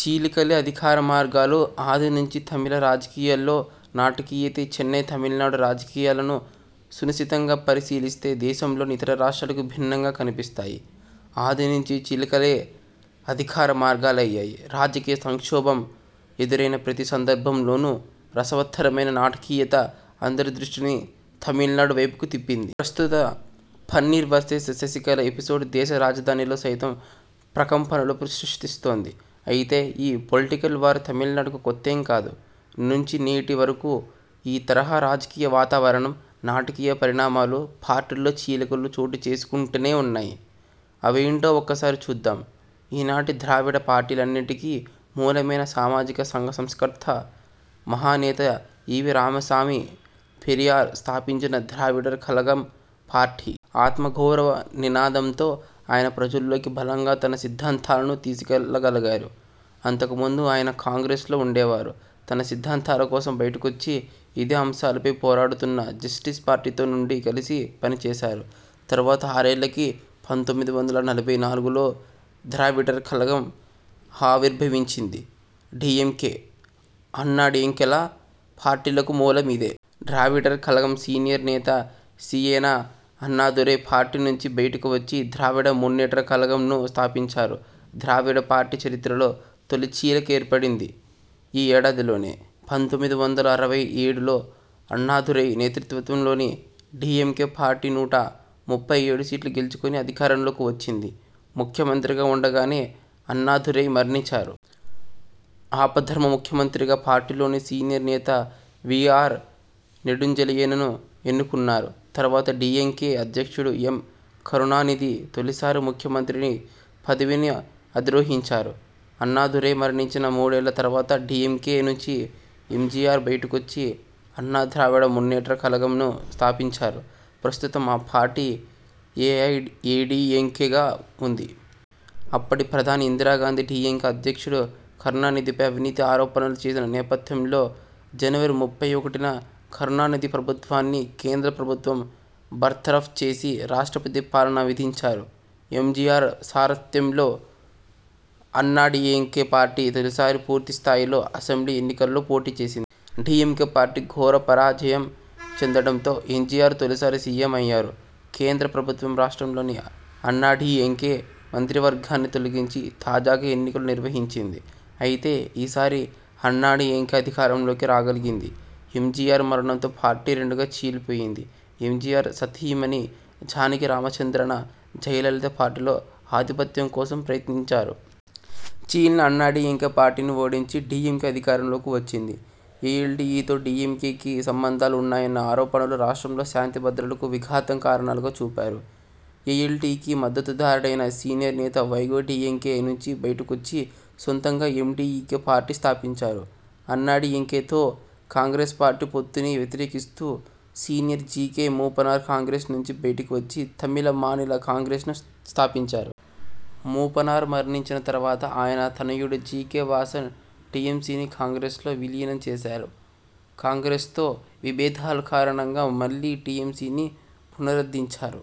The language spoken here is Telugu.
చీలికలే అధికార మార్గాలు ఆది నుంచి తమిళ రాజకీయాల్లో నాటకీయతేచెన్నై తమిళనాడు రాజకీయాలను సునిశితంగా పరి శీలిస్తే దేశంలోని ఇతర రాష్ట్రాలకు భిన్నంగా కనిపిస్తాయి. ఆది నుంచి చీలికలే అధికార మార్గాలయ్యాయి. రాజకీయ సంక్షోభం ఎదురైన ప్రతి సందర్భంలోనూ రసవత్తరమైన నాటకీయత అందరి దృష్టిని తమిళనాడు వైపుకు తిప్పింది. ప్రస్తుత 'పన్నీర్ వర్సెస్ శశికళ' ఎపిసోడ్ దేశ రాజధానిలో సైతం ప్రకంపనలు సృష్టిస్తోంది. అయితే ఈ పొలిటికల్ వార్ తమిళ నాడుకి కొత్తేం కాదు. నుంచి నేటి వరకు ఈ తరహా రాజకీయ వాతావరణం, నాటకీయ పరిణామాలు, పార్టీల్లో చీలికలు చోటుచేసు కుంటూనే వున్నాయి. అవేంటో ఒక్కసారి చూద్దాం ఈనాటి ద్రావిడ పార్టీలన్నింటికీ మూలమైన సామాజిక సంఘ సంస్కర్త, మహానేత ఈవీ రామసామి పెరియార్ స్థాపించిన ద్రావిడర్ కళగం పార్టీ. ఆత్మగౌరవ నినాదంతో ఆయన ప్రజల్లోకి బలంగా తన సిద్ధాంతాలను తీసుకెళ్లగలిగారు. అంతకుముందు ఆయన కాంగ్రెస్లో ఉండేవారు. తన సిద్ధాంతాల కోసం బయటికొచ్చి, ఇదే అంశాలపై పోరాడుతున్న జస్టిస్ పార్టీతో నుండి కలిసి పనిచేశారు. తరువాత ఆరేళ్లకి పంతొమ్మిది వందల నలభై నాలుగులో 'ద్రావిడర్ కళగం' ఆవిర్భవించింది డీఎంకే, అన్నాడీఎంకేల పార్టీలకు మూలం ఇదే. ద్రావిడర్ కళగం సీనియర్ నేత సీఎన అన్నాదురై పార్టీ నుంచి బయటకు వచ్చి ద్రావిడ మున్నేట్ర కళగం ను స్థాపించారు. ద్రావిడ పార్టీ చరిత్రలో తొలి చీలిక ఏర్పడింది ఈ ఏడాదిలోనే. పంతొమ్మిది వందల అరవై ఏడులో అన్నాదురై నేతృత్వంలోని డీఎంకే పార్టీ నూట ముప్పై ఏడు సీట్లు గెల్చుకుని అధికారంలోకి వచ్చింది ముఖ్యమంత్రిగా ఉండగానే అన్నాదురై మరణించారు. ఆపద్ధర్మ ముఖ్యమంత్రిగా పార్టీలోని సీనియర్ నేత వీఆర్ నెడుంజెళియనను ఎన్నుకున్నారు. తరువాత డీఎంకే అధ్యక్షుడు ఎం.కరుణానిధి తొలిసారి ముఖ్య మంత్రి పదవిని అధిరోహించారు. అన్నాదురై మరణించిన మూడేళ్ల తరువాత డీఎంకే నుంచి ఎంజీఆర్ బయటకొచ్చి అన్నా ద్రావిడ మున్నేట్ర కళగం ను స్థాపించారు. ప్రస్తుతం ఆ పార్టీ ఏఐఏడీఎంకేగా ఉంది. అప్పటి ప్రధాని ఇందిరాగాంధి డీఎంకే అధ్యక్షుడు కరుణానిధిపై అవినీతి ఆరోపణలు చేసిన నేపథ్యంలోజనవరి ముప్పై ఒకటిన కరుణానిధి ప్రభు త్వాన్ని కేంద్ర ప్రభుత్వం బర్తరఫ్ చేసి, రాష్ట్రపతి పాలన విధించారు ఎంజీఆర్ సారథ్యంలో అన్నాడీఎంకే పార్టీ తొలిసారి పూర్తి స్థాయిలో అసెంబ్లీ ఎన్నికల్లో పోటీ చేసింది. డీఎంకే పార్టీ ఘోర పరా జయం చెందడంతో ఎంజీఆర్ తొలిసారి సీఎం అయ్యారు. కేంద్ర ప్రభుత్వం రాష్ట్రంలోని అన్నాడీఎంకే మంత్రివర్గాన్ని తొలగించి, తాజాగా ఎన్నికలు నిర్వహించింది. అయితే ఈసారీ అన్నాడీఎంకే అధికారంలోకి రాగలిగింది. ఎంజీఆర్ మరణంతో పార్టీ రెండుగా చీలిపోయింది. ఎంజీఆర్ సతీమణి జానకి రామచంద్రన, జయలలిత పార్టీలో ఆధిపత్యం కోసం ప్రయత్నించారు. చీలిన అన్నాడీఎంకే పార్టీని ఓడించి డీఎంకే అధికారంలోకి వచ్చింది. ఎల్టీటీఈతో డీఎంకేకి సంబంధాలు ఉన్నాయన్న ఆరోపణలు, రాష్ట్రంలో శాంతి భద్రతలకు విఘాతం కారణాలుగా చూపారు. ఎల్టీటీఈకి మద్ధతుదారుడైన సీనియర్ నేత వైగో డీఎంకే నుంచి బయటకొచ్చి, సొంతంగా ఎండీఎంకే పార్టీ స్థాపించారు. అన్నాడీఎంకేతో కాంగ్రెస్ పార్టీ పొత్తుని వ్యతిరేకిస్తూ సీనియర్ జీకే మూపనార్ కాంగ్రెస్ నుంచి బయటకి వచ్చి తమిళ మానిల కాంగ్రెస్ ను స్థాపించారు. మూపనార్ మరణించిన తరువాత ఆయన తనయుడు జీకే వాసన్ టీఎంసీని కాంగ్రెస్లో విలీనం చేశారు. కాంగ్రెస్తో విభేదాలు కారణంగా మళ్లీ టీఎంసీని పునరుద్ధరించారు.